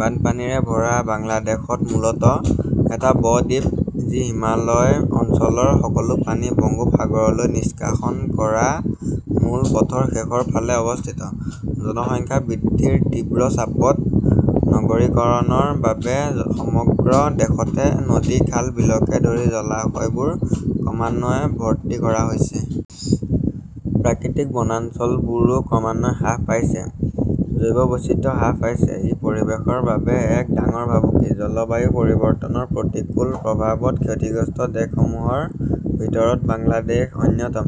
বানপানীৰে ভৰা বাংলাদেশ মূলতঃ এটা ব-দ্বীপ, যি হিমালয় অঞ্চলৰ সকলো পানী বংগোপসাগৰলৈ নিষ্কাশন কৰা মূল পথৰ শেষৰ ফালে অৱস্থিত। জনসংখ্যা বৃদ্ধিৰ তীব্ৰ চাপত নগৰীকৰণৰ বাবে সমগ্ৰ দেশতে নদী-খাল-বিলকে ধৰি জলাশয়বোৰ ক্ৰমান্বয়ে ভৰ্তি কৰা হৈছে। প্ৰাকৃতিক বনাঞ্চলবোৰো ক্ৰমান্বয়ে হ্ৰাস পাইছে, জৈৱ বৈচিত্ৰ্য হ্ৰাস পাইছে। ই পৰিৱেশৰ বাবে এক ডাঙৰ ভাবুকি। জলবায়ু পৰিৱৰ্তনৰ প্ৰতিকূল প্ৰভাৱত ক্ষতিগ্ৰস্ত দেশসমূহৰ ভিতৰত বাংলাদেশ অন্যতম।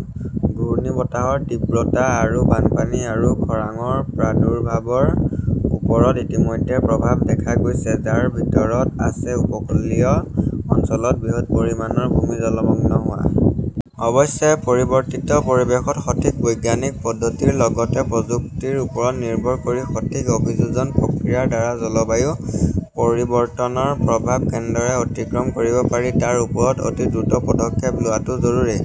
ঘূৰ্ণীবতাহৰ তীব্ৰতা বা বানপানী আৰু খৰাঙৰ প্ৰাদুৰ্ভাৱৰ ওপৰত ইতিমধ্যে প্ৰভাৱ দেখা গৈছে, যাৰ ভিতৰত আছে উপকূলীয় অঞ্চলত বৃহৎ পৰিমাণৰ ভূমি জলমগ্ন হোৱা। অৱশ্যে, পৰিৱৰ্তিত পৰিৱেশত, সঠিক বৈজ্ঞানিক পদ্ধতিৰ লগতে প্ৰযুক্তিৰ ওপৰত নিৰ্ভৰ কৰি সঠিক অভিযোজন প্ৰক্ৰিয়াৰ দ্বাৰা জলবায়ু পৰিৱৰ্তনৰ প্ৰভাৱ কেনেদৰে অতিক্ৰম কৰিব পাৰি তাৰ ওপৰত অতি দ্ৰুত পদক্ষেপ লোৱাটো জৰুৰী।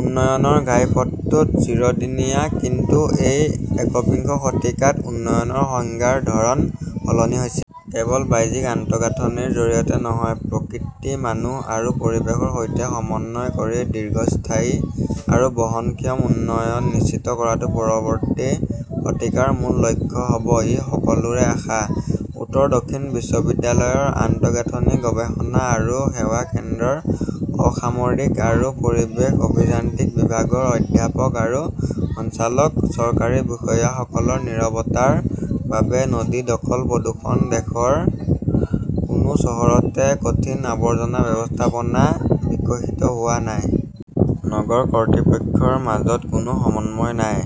"উন্নয়নৰ ঘাইপথটোত চিৰিদিনীয়া", কিন্তু এই একবিংশ শতিকাত উন্নয়নৰ সংজ্ঞাৰ ধৰণ সলনি হৈছে। কেৱল বাহ্যিক আন্তঃগাঁথনিৰ জৰিয়তে নহয়, প্ৰকৃতি, মানুহ আৰু পৰিৱেশৰ সৈতে সমন্বয় কৰি দীৰ্ঘস্থায়ী আৰু বহনক্ষম উন্নয়ন নিশ্চিত কৰাটো পৰৱৰ্তী শতিকাৰ মূল লক্ষ্য হ'ব-ই সকলোৰে আশা। উত্তৰ দক্ষিণ বিশ্ববিদ্যালয়ৰ আন্তঃগাঁথনি গৱেষণা আৰু সেৱা কেন্দ্ৰৰ অসামৰিক আৰু পৰিৱেশ অভিযান্ত্ৰিক বিভাগৰ অধ্যাপক আৰু সঞ্চালক, চৰকাৰী বিষয়াসকলৰ নীৰৱতাৰ বাবে নদী দখল-প্ৰদূষণ দেশৰ কোনো চহৰতে কঠিন আৱৰ্জনা ব্যৱস্থাপনা বিকশিত হোৱা নাই। নগৰ কৰ্তৃপক্ষৰ মাজত কোনো সমন্বয় নাই।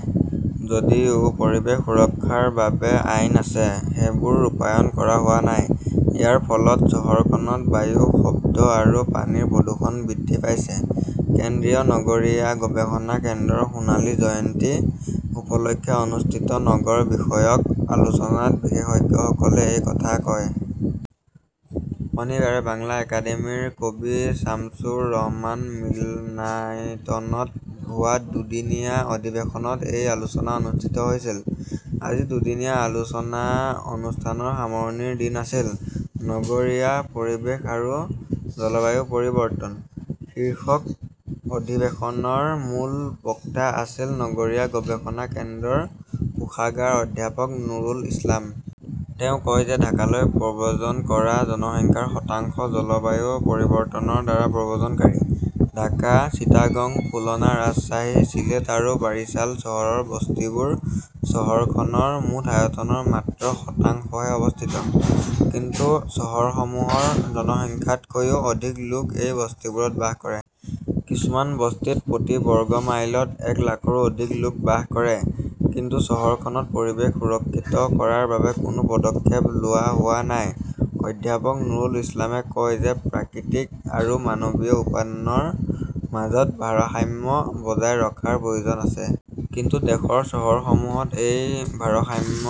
যদিও পৰিৱেশ সুৰক্ষাৰ বাবে আইন আছে, সেইবোৰ ৰূপায়ণ কৰা হোৱা নাই। ইয়াৰ ফলত চহৰখনত বায়ু, শব্দ আৰু পানীৰ প্ৰদূষণ বৃদ্ধি পাইছে। কেন্দ্ৰীয় নগৰীয়া গৱেষণা কেন্দ্ৰৰ সোণালী জয়ন্তী উপলক্ষে অনুষ্ঠিত নগৰ বিষয়ক আলোচনাত বিশেষজ্ঞসকলে এই কথা কয়। শনিবাৰে বাংলা একাডেমীৰ কবি ছামছুৰ ৰহমান মিলনায়তনত হোৱা দুদিনীয়া অধিৱেশনত এই আলোচনা অনুষ্ঠিত হৈছিল। আজি দুদিনীয়া আলোচনা অনুষ্ঠানৰ সামৰণিৰ দিন আছিল। "নগৰীয়া পৰিৱেশ আৰু জলবায়ু পৰিৱৰ্তন" শীৰ্ষক অধিৱেশনৰ মূল বক্তা আছিল নগৰীয়া গৱেষণা কেন্দ্ৰৰ কোষাগাৰ অধ্যাপক নুৰুল ইছলাম। তেওঁ কয় যে ঢাকালৈ প্ৰব্ৰজন কৰা জনসংখ্যাৰ শতাংশ জলবায়ু পৰিৱৰ্তনৰ দ্বাৰা প্ৰব্ৰজনকাৰী। ঢাকা, চিটাগং, খুলনা, ৰাজশ্বাহী, চিলেট আৰু বাৰিছাল চহৰৰ বস্তিবোৰ চহৰখনৰ মুঠ আয়তনৰ মাত্ৰ শতাংশতে অৱস্থিত। কিন্তু চহৰসমূহৰ জনসংখ্যাতকৈও অধিক লোক এই বস্তিবোৰত বাস কৰে। কিছুমান বস্তিত প্ৰতি বৰ্গ মাইলত এক লাখৰো অধিক লোক বাস কৰে। কিন্তু চহৰখনত পৰিৱেশ সুৰক্ষিত কৰাৰ বাবে কোনো পদক্ষেপ লোৱা হোৱা নাই। অধ্যাপক নুৰুল ইছলামে কয় যে প্ৰাকৃতিক আৰু মানৱীয় উপাদানৰ মাজত ভাৰসাম্য বজাই ৰখাৰ প্ৰয়োজন আছে। কিন্তু দেশৰ চহৰসমূহত এই ভাৰসাম্য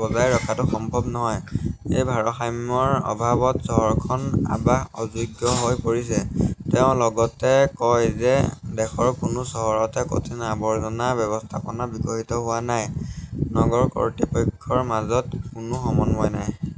বজাই ৰখাটো সম্ভৱ নহয়। এই ভাৰসাম্যৰ অভাৱত চহৰখন আৱাস অযোগ্য হৈ পৰিছে। তেওঁ লগতে কয় যে দেশৰ কোনো চহৰতে কঠিন আৱৰ্জনা ব্যৱস্থাপনা বিকশিত হোৱা নাই। নগৰ কৰ্তৃপক্ষৰ মাজত কোনো সমন্বয় নাই।